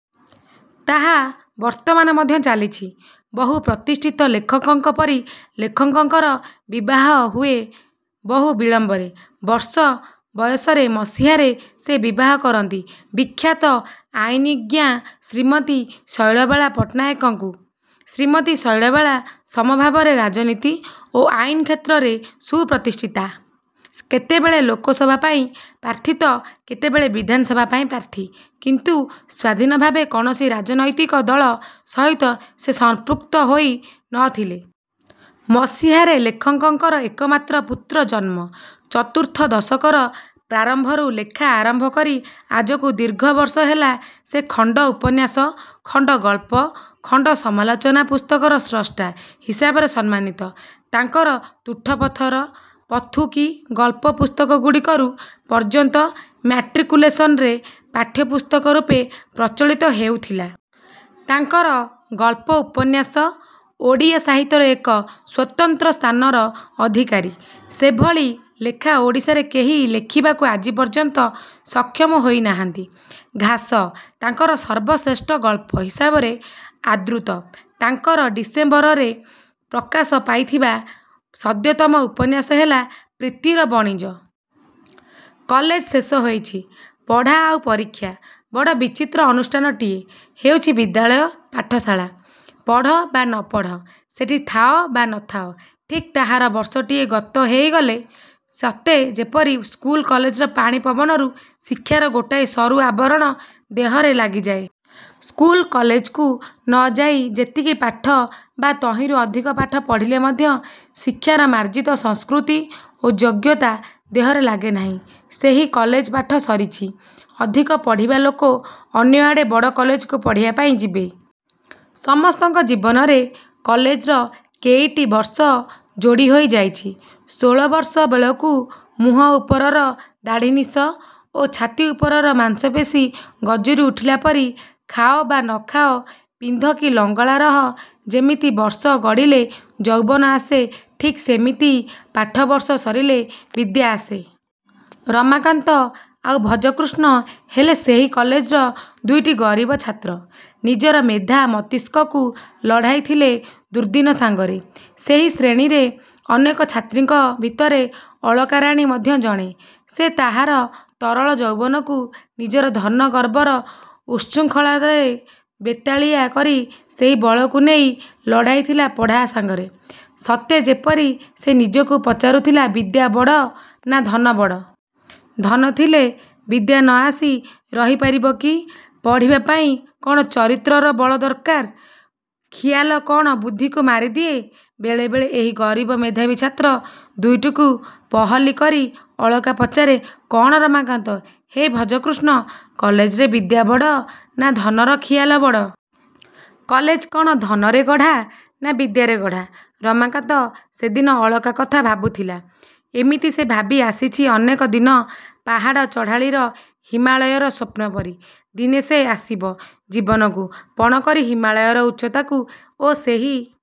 ତାହା ବର୍ତ୍ତମାନ ମଧ୍ୟ ଚାଲିଛି। ବହୁ ପ୍ରତିଷ୍ଠିତ ଲେଖକଙ୍କ ପରି ଲେଖକଙ୍କର ବିବାହ ହୁଏ ବହୁ ବିଳମ୍ବରେ। ବର୍ଷ ବୟସରେ ମସିହାରେ ସେ ବିବାହ କରନ୍ତି ବିଖ୍ୟାତ ଆଇନଜ୍ଞା ଶ୍ରୀମତୀ ଶୈଳବାଳା ପଟ୍ଟନାୟକଙ୍କୁ। ଶ୍ରୀମତୀ ଶୈଳବାଳା ସମଭାବରେ ରାଜନୀତି ଓ ଆଇନ କ୍ଷେତ୍ରରେ ସୁପ୍ରତିଷ୍ଠିତା। କେତେବେଳେ ଲୋକସଭା ପାଇଁ ପ୍ରାର୍ଥୀ ତ କେତେବେଳେ ବିଧାନସଭା ପାଇଁ ପ୍ରାର୍ଥୀ; କିନ୍ତୁ ସ୍ୱାଧୀନ ଭାବେ କୌଣସି ରାଜନୈତିକ ଦଳ ସହିତ ସେ ସଂପୃକ୍ତ ହୋଇ ନ ଥିଲେ। ମସିହାରେ ଲେଖକଙ୍କର ଏକମାତ୍ର ପୁତ୍ର ଜନ୍ମ। ଚତୁର୍ଥ ଦଶକର ପ୍ରାରମ୍ଭରୁ ଲେଖା ଆରମ୍ଭ କରି ଆଜକୁ ଦୀର୍ଘ ବର୍ଷ ହେଲା ସେ ଖଣ୍ଡ ଉପନ୍ୟାସ, ଖଣ୍ଡ ଗଳ୍ପ, ଖଣ୍ଡ ସମାଲୋଚନା ପୁସ୍ତକର ସ୍ରଷ୍ଟା ହିସାବରେ ସମ୍ମାନିତ। ତାଙ୍କର 'ତୁଠପଥର', 'ପଥୁକୀ', ଗଳ୍ପ ପୁସ୍ତକଗୁଡ଼ିକ ରୁ ପର୍ଯ୍ୟନ୍ତ ମ୍ୟାଟ୍ରିକୁଲେସନରେ ପାଠ୍ୟପୁସ୍ତକ ରୂପେ ପ୍ରଚଳିତ ହେଉଥିଲା। ତାଙ୍କର ଗଳ୍ପ ଉପନ୍ୟାସ ଓଡ଼ିଆ ସାହିତ୍ୟର ଏକ ସ୍ୱତନ୍ତ୍ର ସ୍ଥାନର ଅଧିକାରୀ। ସେଭଳି ଲେଖା ଓଡ଼ିଶାରେ କେହି ଲେଖିବାକୁ ଆଜିପର୍ଯ୍ୟନ୍ତ ସକ୍ଷମ ହୋଇ ନାହାନ୍ତି। 'ଘାସ' ତାଙ୍କର ସର୍ବଶ୍ରେଷ୍ଠ ଗଳ୍ପ ହିସାବରେ ଆଦୃତ। ତାଙ୍କର ଡିସେମ୍ବରରେ ପ୍ରକାଶ ପାଇଥିବା ସଦ୍ୟତମ ଉପନ୍ୟାସ ହେଲା 'ପ୍ରୀତିର ବଣିଜ'। କଲେଜ ଶେଷ ହୋଇଛି-ପଢ଼ା ଆଉ ପରୀକ୍ଷା। ବଡ଼ ବିଚିତ୍ର ଅନୁଷ୍ଠାନଟିଏ ହେଉଛି ବିଦ୍ୟାଳୟ-ପାଠଶାଳା। ପଢ଼ ବା ନ ପଢ଼, ସେଠି ଥାଅ ବା ନ ଥାଅ, ଠିକ୍ ତାହାର ବର୍ଷଟିଏ ଗତ ହେଇଗଲେ ସତେ ଯେପରି ସ୍କୁଲ କଲେଜର ପାଣି ପବନରୁ ଶିକ୍ଷାର ଗୋଟାଏ ସରୁ ଆବରଣ ଦେହରେ ଲାଗିଯାଏ। ସ୍କୁଲ କଲେଜକୁ ନ ଯାଇ ସେତିକି ପାଠ ବା ତହିଁରୁ ଅଧିକ ପାଠ ପଢ଼ିଲେ ମଧ୍ୟ ଶିକ୍ଷାର ମାର୍ଜିତ ସଂସ୍କୃତି ଓ ଯୋଗ୍ୟତା ଦେହରେ ଲାଗେ ନାହିଁ। ସେହି କଲେଜ ପାଠ ସରିଛି। ଅଧିକ ପଢ଼ିବା ଲୋକ ଅନ୍ୟ ଆଡ଼େ ବଡ଼ କଲେଜକୁ ପଢ଼ିବା ପାଇଁ ଯିବେ। ସମସ୍ତଙ୍କ ଜୀବନରେ କଲେଜର କେଇଟି ବର୍ଷ ଯୋଡ଼ିହୋଇ ଯାଇଛି-ଷୋଳବର୍ଷ ବେଳକୁ ମୁହଁ ଉପରର ଦାଢ଼ି ନିଶ ଓ ଛାତି ଉପରର ମାଂସପେଶୀ ଗଜୁରୀ ଉଠିଲା ପରି-। ଖାଅ ବା ନ ଖାଅ, ପିନ୍ଧ କି ଲଙ୍ଗଳା ରହ ଯେମିତି ବର୍ଷ ଗଡ଼ିଲେ ଯୌବନ ଆସେ ଠିକ୍ ସେମିତି ପାଠ-ବର୍ଷ ସରିଲେ ବିଦ୍ୟା ଆସେ। ରମାକାନ୍ତ ଆଉ ଭଜକୃଷ୍ଣ ହେଲେ ସେହି କଲେଜର ଦୁଇଟି ଗରିବ ଛାତ୍ର-ନିଜର ମେଧା ମସ୍ତିଷ୍କକୁ ଲଢ଼ାଇ ଥିଲେ ଦୁର୍ଦ୍ଦିନ ସାଙ୍ଗରେ। ସେହି ଶ୍ରେଣୀର ଅନେକ ଛାତ୍ରୀଙ୍କ ଭିତରେ ଅଳକାରାଣୀ ମଧ୍ୟ ଜଣେ। ସେ ତାହାର ତରଳ ଯୌବନକୁ ନିଜର ଧନ ଗର୍ବର ଉତ୍ସୃଙ୍ଖଳତାରେ ବେତାଳିଆ କରି ସେହି ବଳକୁ ନେଇ ଲଢ଼ାଇଥିଲା ପଢ଼ା ସାଙ୍ଗରେ-ସତେ ଯେପରି ସେ ନିଜକୁ ପଚାରୁଥିଲା- ବିଦ୍ୟା ବଡ଼ ନା ଧନ ବଡ଼? ଧନ ଥିଲେ ବିଦ୍ୟା ନ ଆସି ରହି ପାରିବ କି? ପଢ଼ିବା ପାଇଁ କ'ଣ ଚରିତ୍ରର ବଳ ଦରକାର? ଖିଆଲ କ'ଣ ବୁଦ୍ଧିକୁ ମାରିଦିଏ? ବେଳେବେଳେ ଏହି ଗରିବ ମେଧାବୀ ଛାତ୍ର ଦୁଇଟିଙ୍କୁ ପହଲି କରି ଅଳକା ପଚାରେ-କ'ଣ ରମାକାନ୍ତ? -ହେ ଭଜକୃଷ୍ଣ? -କଲେଜରେ ବିଦ୍ୟା ବଡ଼ ନା ଧନର ଖିଆଲ ବଡ଼? କଲେଜ କ'ଣ ଧନରେ ଗଢ଼ା ନା ବିଦ୍ୟାରେ ଗଢ଼ା? ରମାକାନ୍ତ ସେଦିନ ଅଳକା କଥା ଭାବୁଥିଲା। ଏମିତି ସେ ଭାବି ଆସିଛି ଅନେକ ଦିନ-ପାହାଡ଼ ଚଢ଼ାଳୀର ହିମାଳୟର ସ୍ୱପ୍ନ ପରି। ଦିନେ ସେ ଆସିବ। ଜୀବନକୁ ପଣ କରି ହିମାଳୟର ଉଚ୍ଚତାକୁ ଓ ସେହି